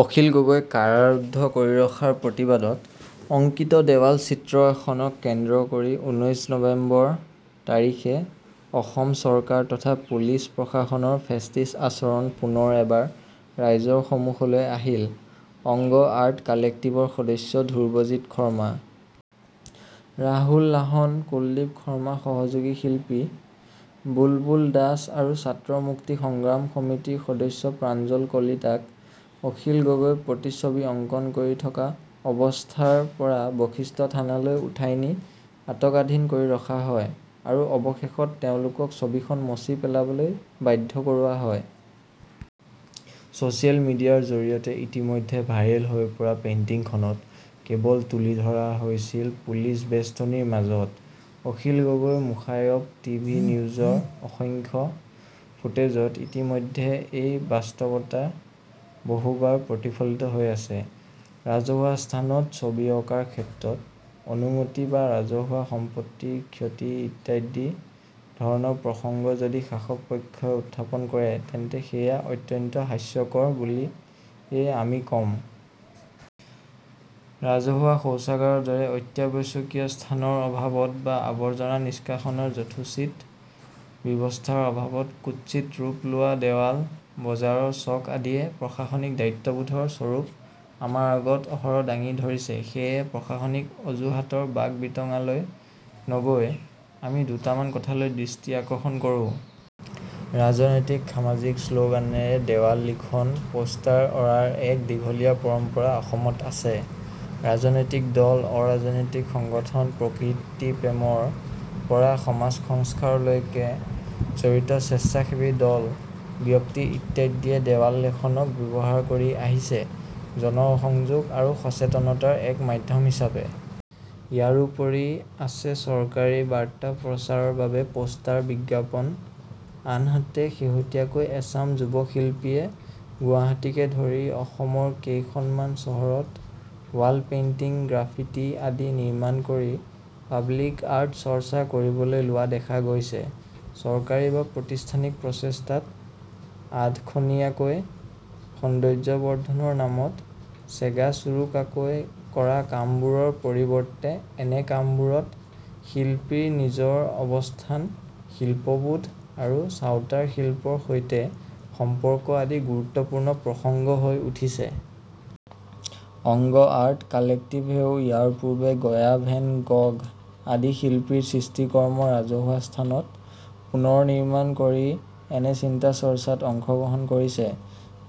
অখিল গগৈক কাৰাৰুদ্ধ কৰি ৰখাৰ প্ৰতিবাদত অংকিত দেৱাল চিত্ৰ এখনক কেন্দ্ৰ কৰি ঊনৈশ নৱেম্বৰ তাৰিখে অসম চৰকাৰ তথা পুলিচ প্ৰশাসনৰ ফেচিষ্ট আচৰণ পুনৰ এবাৰ ৰাইজৰ সমুখলৈ আহিল। অংগ আৰ্ট কালেক্টিভৰ সদস্য ধ্ৰুৱজিত শৰ্মা ৰাহুল লাহন কুলদীপ শৰ্মা সহযোগী শিল্পী বুলবুল দাস আৰু ছাত্ৰ মুক্তি সংগ্ৰাম সমিতিৰ সদস্য প্ৰাঞ্জল কলিতাক অখিল গগৈৰ প্ৰতিচ্ছবি অংকন কৰি থকা অৱস্থাৰ পৰা বশিষ্ঠ থানালৈ উঠাই নি আটকাধীন কৰি ৰখা হয় আৰু অৱশেষত তেওঁলোকক ছবিখন মচি পেলাবলৈ বাধ্য কৰোৱা হয়। চছিয়েল মিডিয়াৰ জৰিয়তে ইতিমধ্যে ভাইৰেল হৈ পৰা পেইন্টিংখনত কেৱল তুলি ধৰা হৈছিল পুলিচ বেষ্টনীৰ মাজত। অখিল গগৈৰ মুখাৱয়ব টিভি নিউজৰ অসংখ্য ফুটেজত ইতিমধ্যেই এই বাস্তৱতা বহুবাৰ প্ৰতিফলিত হৈ আছে। ৰাজহুৱা স্থানত ছবি অঁকাৰ ক্ষেত্ৰত অনুমতি বা ৰাজহুৱা সম্পত্তিৰ ক্ষতি ইত্যাদি ধৰণৰ প্ৰসংগ যদি শাসক পক্ষই উত্থাপন কৰে তেন্তে সেয়া অত্যন্ত হাস্যকৰ বুলিয়েই আমি কম। ৰাজহুৱা শৌচাগাৰৰ দৰে অত্যাৱশ্যকীয় স্থানৰ অভাৱত বা আৱৰ্জনা নিস্কাষণৰ যথোচিত ব্যৱস্থাৰ অভাৱত কুৎচিত ৰূপ লোৱা দেৱাল বজাৰৰ চক আদিয়ে প্ৰশাসনিক দায়িত্ববোধৰ স্বৰূপ আমাৰ আগত অহৰহ দাঙি ধৰিছে। সেয়ে প্ৰশাসনিক অজুহাতৰ বাক-বিতণ্ডালৈ নগৈ আমি দুটামান কথালৈ দৃষ্টি আকৰ্ষণ কৰোঁ। ৰাজনৈতিক সামাজিক শ্লোগানেৰে দেৱাল লিখন পোষ্টাৰ অঁৰাৰ এক দীঘলীয়া পৰম্পৰা অসমত আছে। ৰাজনৈতিক দল অৰাজনৈতিক সংগঠন প্ৰকৃতিপ্ৰেমৰ পৰা সমাজসংস্কাৰলৈকে জড়িত স্বেচ্ছাসেৱী দল, ব্যক্তি ইত্যাদিয়ে দেৱাল লেখনক ব্যৱহাৰ কৰি আহিছে জনসংযোগ আৰু সচেতনতাৰ এক মাধ্যম হিচাপে। ইয়াৰোপৰি আছে চৰকাৰী বাৰ্তা প্ৰচাৰৰ বাবে পোষ্টাৰ বিজ্ঞাপন আনহাতে শেহতীয়াকৈ এচাম যুৱ শিল্পীয়ে গুৱাহাটীকে ধৰি অসমৰ কেইখনমান চহৰত ৱাল পেইন্টিং গ্ৰাফিটি আদি নিৰ্মাণ কৰি পাব্লিক আৰ্ট চৰ্চা কৰিবলৈ লোৱা দেখা গৈছে। চৰকাৰী বা প্ৰাতিষ্ঠানিক প্ৰচেষ্টাত আদখনীয়াকৈ সৌন্দৰ্যবৰ্ধনৰ নামত চেগাচোৰোকাকৈ কৰা কামবোৰৰ পৰিৱৰ্তে এনে কামবোৰত শিল্পীৰ নিজৰ অৱস্থান শিল্পবোধ আৰু চাওঁতাৰ শিল্পৰ সৈতে সম্পৰ্ক আদি গুৰুত্বপূৰ্ণ প্ৰসংগ হৈ উঠিছে। অংগ আৰ্ট কালেক্টিভেও ইয়াৰ পূৰ্বে গয়া ভেন গঘ আদি শিল্পীৰ সৃষ্টিকৰ্ম ৰাজহুৱা স্থানত পুনৰ্নিৰ্মাণ কৰি এনে চিন্তাচৰ্চাত অংশগ্ৰহণ কৰিছে।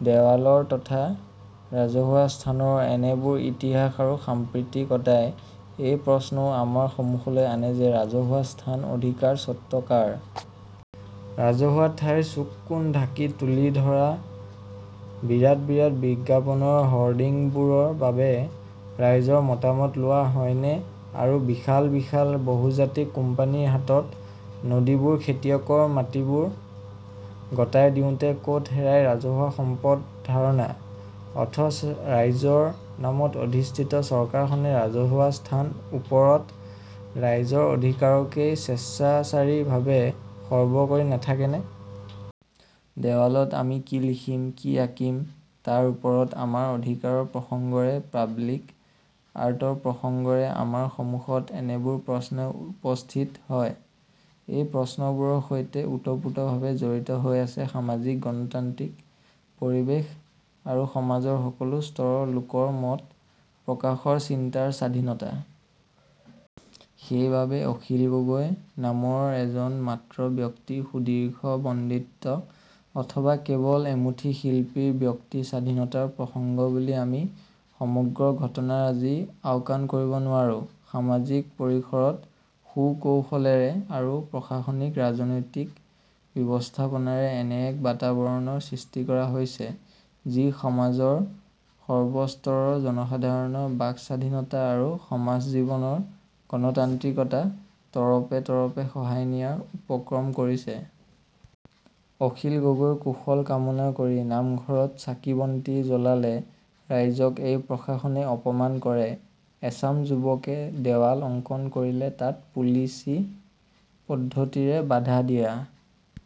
দেৱালৰ তথা ৰাজহুৱা স্থানৰ এনেবোৰ ইতিহাস আৰু সাম্প্ৰতিকতাই এই প্ৰশ্নও আমাৰ সমুখলৈ আনে যে ৰাজহুৱা স্থান অধিকাৰস্বত্ব কাৰ? ৰাজহুৱা ঠাইৰ চুক কোণ ঢাকি তুলি ধৰা বিৰাট বিৰাট বিজ্ঞাপনৰ হৰ্ডিংবোৰৰ বাবে ৰাইজৰ মতামত লোৱা হয় নে আৰু বিশাল বিশাল বহুজাতিক কোম্পানীৰ হাতত নদীবোৰ খেতিয়কৰ মাটিবোৰ গতাই দিওঁতে কত হেৰায় ৰাজহুৱা সম্পদ ধাৰণা, অথচ ৰাইজৰ নামত অধিষ্ঠিত চৰকাৰখনে ৰাজহুৱা স্থান ওপৰত ৰাইজৰ অধিকাৰকেই স্বেচ্ছাচাৰীভাৱে খৰ্ব কৰি নেথাকে নে? দেৱালত আমি কি লিখিম কি আঁকিম তাৰ ওপৰত আমাৰ অধিকাৰৰ প্ৰসংগৰে পাব্লিক আৰ্টৰ প্ৰসংগৰে আমাৰ সমুখত এনেবোৰ প্ৰশ্নই উপস্থিত হয়। এই প্ৰশ্নবোৰৰ সৈতে ওতপ্ৰোত: ভাৱে জড়িত হৈ আছে সামাজিক গণতান্ত্ৰিক পৰিৱেশ আৰু সমাজৰ সকলো স্তৰৰ লোকৰ মত প্ৰকাশৰ চিন্তাৰ স্বাধীনতা। সেইবাবে অখিল গগৈ নামৰ এজন মাত্ৰ ব্যক্তিৰ সুদীৰ্ঘ বন্দিত্ব অথবা কেৱল এমুঠি শিল্পীৰ ব্যক্তি স্বাধীনতাৰ প্ৰসংগ বুলি আমি সমগ্ৰ ঘটনাৰাজি আওকাণ কৰিব নোৱাৰোঁ। সামাজিক পৰিসৰত সুকৌশলৰে আৰু প্ৰশাসনিক, ৰাজনৈতিক ব্যৱস্থাপনাৰে এনে এক বাতাৱৰণৰ সৃষ্টি কৰা হৈছে যি সমাজৰ সৰ্বস্তৰৰ জনসাধাৰণৰ বাকস্বাধীনতা আৰু সমাজজীৱনৰ গণতান্ত্ৰিকতা তৰপে তৰপে খহাই নিয়াৰ উপক্ৰম কৰিছে। অখিল গগৈৰ কুশল কামনা কৰি নামঘৰত চাকিবন্তি জ্বলালে ৰাইজক এই প্ৰশাসনে অপমান কৰে। এচাম যুৱকে দেৱাল অংকণ কৰিলে তাত পুলিচী পদ্ধতিৰে বাধা দিয়া।